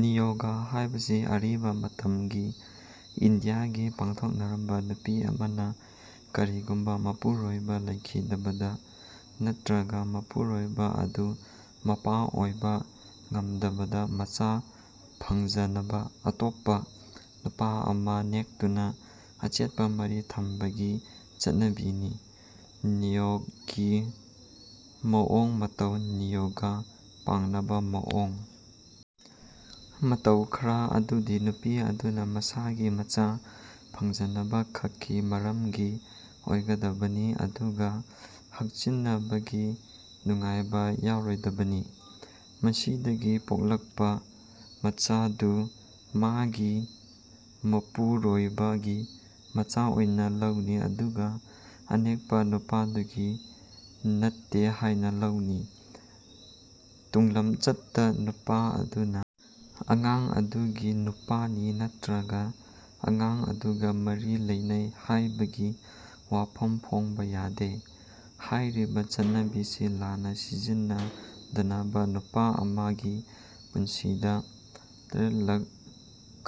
ꯅꯤꯌꯣꯒ ꯍꯥꯏꯕꯁꯤ ꯑꯔꯤꯕ ꯃꯇꯝꯒꯤ ꯏꯟꯗꯤꯌꯥꯗ ꯄꯥꯡꯊꯣꯛꯅꯔꯝꯕ ꯅꯨꯄꯤ ꯑꯃꯅ ꯀꯔꯤꯒꯨꯝꯕ ꯃꯄꯨꯔꯣꯢꯕ ꯂꯩꯈꯤꯗꯕꯗ ꯅꯠꯇ꯭ꯔꯒ ꯃꯄꯨꯔꯣꯢꯕ ꯑꯗꯨ ꯃꯄꯥ ꯑꯣꯢꯕ ꯉꯝꯗꯕꯗ ꯃꯆꯥ ꯐꯪꯖꯅꯕ ꯑꯇꯣꯞꯄ ꯅꯨꯄꯥ ꯑꯃ ꯅꯦꯛꯇꯨꯅ ꯑꯆꯦꯠꯄ ꯃꯔꯤ ꯊꯝꯕꯒꯤ ꯆꯠꯅꯕꯤꯅꯤ꯫ ꯅꯤꯌꯣꯒꯀꯤ ꯃꯑꯣꯡ ꯃꯇꯧ ꯅꯤꯌꯣꯒ ꯄꯥꯡꯅꯕ ꯃꯑꯣꯡ ꯃꯇꯧ ꯈꯔ ꯑꯗꯨꯗꯤ ꯅꯨꯄꯤ ꯑꯗꯨꯅ ꯃꯁꯥꯒꯤ ꯃꯆꯥ ꯐꯪꯖꯅꯕ ꯈꯛꯀꯤ ꯃꯔꯝꯒꯤ ꯑꯣꯢꯒꯗꯕꯅꯤ ꯑꯗꯨꯒ ꯍꯛꯆꯤꯟꯅꯕꯒꯤ ꯅꯨꯡꯉꯥꯢꯕ ꯌꯥꯎꯔꯣꯢꯗꯕꯅꯤ꯫ ꯃꯁꯤꯗꯒꯤ ꯄꯣꯛꯂꯛꯄ ꯃꯆꯥꯗꯨ ꯃꯥꯒꯤ ꯃꯄꯨꯔꯣꯢꯕ ꯒꯤ ꯃꯆꯥ ꯑꯣꯢꯅ ꯂꯧꯅꯤ ꯑꯗꯨꯒ ꯑꯅꯦꯛꯄ ꯅꯨꯄꯥꯗꯨꯒꯤ ꯅꯠꯇꯦ ꯍꯥꯢꯅ ꯂꯧꯅꯤ꯫ ꯇꯨꯡꯂꯝꯆꯠꯇ ꯅꯨꯄꯥ ꯑꯗꯨꯅ ꯑꯉꯥꯡ ꯑꯗꯨꯒ ꯃꯄꯥꯅꯤ ꯅꯠꯇ꯭ꯔꯒ ꯑꯉꯥꯡ ꯑꯗꯨꯒ ꯃꯔꯤ ꯂꯩꯅꯩ ꯍꯥꯢꯕꯒꯤ ꯋꯥꯐꯝ ꯐꯣꯡꯕ ꯌꯥꯗꯦ꯫ ꯍꯥꯢꯔꯤꯕ ꯆꯠꯅꯕꯤꯁꯤ ꯂꯥꯟꯅ ꯁꯤꯖꯤꯟꯅꯗꯅꯕ ꯅꯨꯄꯥ ꯑꯃ ꯒꯤ ꯄꯨꯟꯁꯤꯗ ꯇꯔꯤꯟꯂꯛ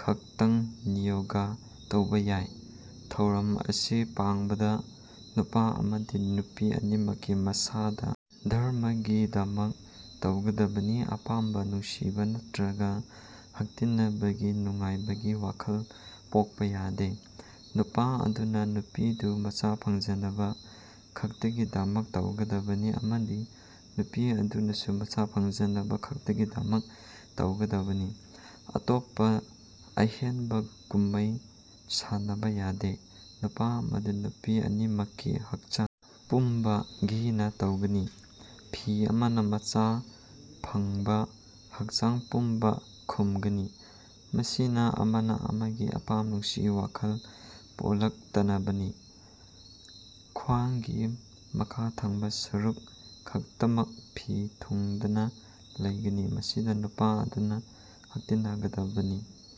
ꯈꯛꯇꯪ ꯅꯤꯌꯣꯒ ꯇꯧꯕ ꯌꯥꯢ꯫ ꯊꯧꯔꯝ ꯑꯁꯤ ꯄꯥꯡꯕꯗ ꯅꯨꯄꯥ ꯑꯃꯗꯤ ꯅꯨꯄꯤ ꯑꯅꯤꯃꯛꯀꯤ ꯃꯁꯥꯗ ꯙꯔꯃꯒꯤꯗꯃꯛ ꯇꯧꯒꯗꯕꯅꯤ ꯑꯄꯥꯝꯕ ꯅꯨꯡꯁꯤꯕ ꯅꯠꯇ꯭ꯔꯒ ꯍꯛꯇꯤꯟꯅꯕꯒꯤ ꯅꯨꯡꯉꯥꯢꯕꯒꯤ ꯋꯥꯈꯜ ꯄꯣꯛꯄ ꯌꯥꯗꯦ꯫ ꯅꯨꯄꯥ ꯑꯗꯨꯅ ꯅꯨꯄꯤꯗꯨ ꯃꯆꯥ ꯐꯪꯖꯅꯕ ꯈꯛꯇꯒꯤꯗꯃꯛ ꯇꯧꯒꯗꯕꯅꯤ ꯑꯃꯗꯤ ꯅꯨꯄꯤ ꯑꯗꯨꯅꯁꯨ ꯃꯆꯥ ꯐꯪꯖꯅꯕ ꯈꯛꯇꯒꯤꯗꯃꯛ ꯇꯧꯒꯗꯕꯅꯤ꯫ ꯑꯇꯣꯞꯄ ꯑꯍꯦꯟꯕꯀꯨꯝꯃꯩ ꯁꯥꯟꯅꯕ ꯌꯥꯗꯦ꯫ ꯅꯨꯄꯥ ꯑꯃꯗꯤ ꯅꯨꯄꯤ ꯑꯅꯤꯃꯛꯀꯤ ꯍꯛꯆꯥꯡ ꯄꯨꯝꯕ ꯘꯤꯅ ꯇꯩꯒꯅꯤ꯫ ꯐꯤ ꯑꯃꯅ ꯃꯆꯥ ꯊꯪꯕ ꯍꯛꯆꯥꯡ ꯄꯨꯝꯕ ꯈꯨꯝꯒꯅꯤ꯫ ꯃꯁꯤꯅ ꯑꯃꯅ ꯑꯃꯒꯤ ꯑꯄꯥꯝ ꯅꯨꯡꯁꯤ ꯋꯥꯈꯜ ꯄꯣꯛꯂꯛꯇꯅꯕꯅꯤ꯫ ꯈ꯭ꯋꯥꯡꯒꯤ ꯃꯈꯥ ꯊꯪꯕ ꯁꯔꯨꯛ ꯈꯛꯇꯃꯛ ꯐꯤ ꯊꯨꯡꯗꯅ ꯂꯩꯒꯅꯤ꯫ ꯃꯁꯤꯗ ꯅꯨꯄꯥ ꯑꯗꯨꯅ ꯍꯛꯇꯤꯟꯅꯒꯗꯕꯅꯤ꯫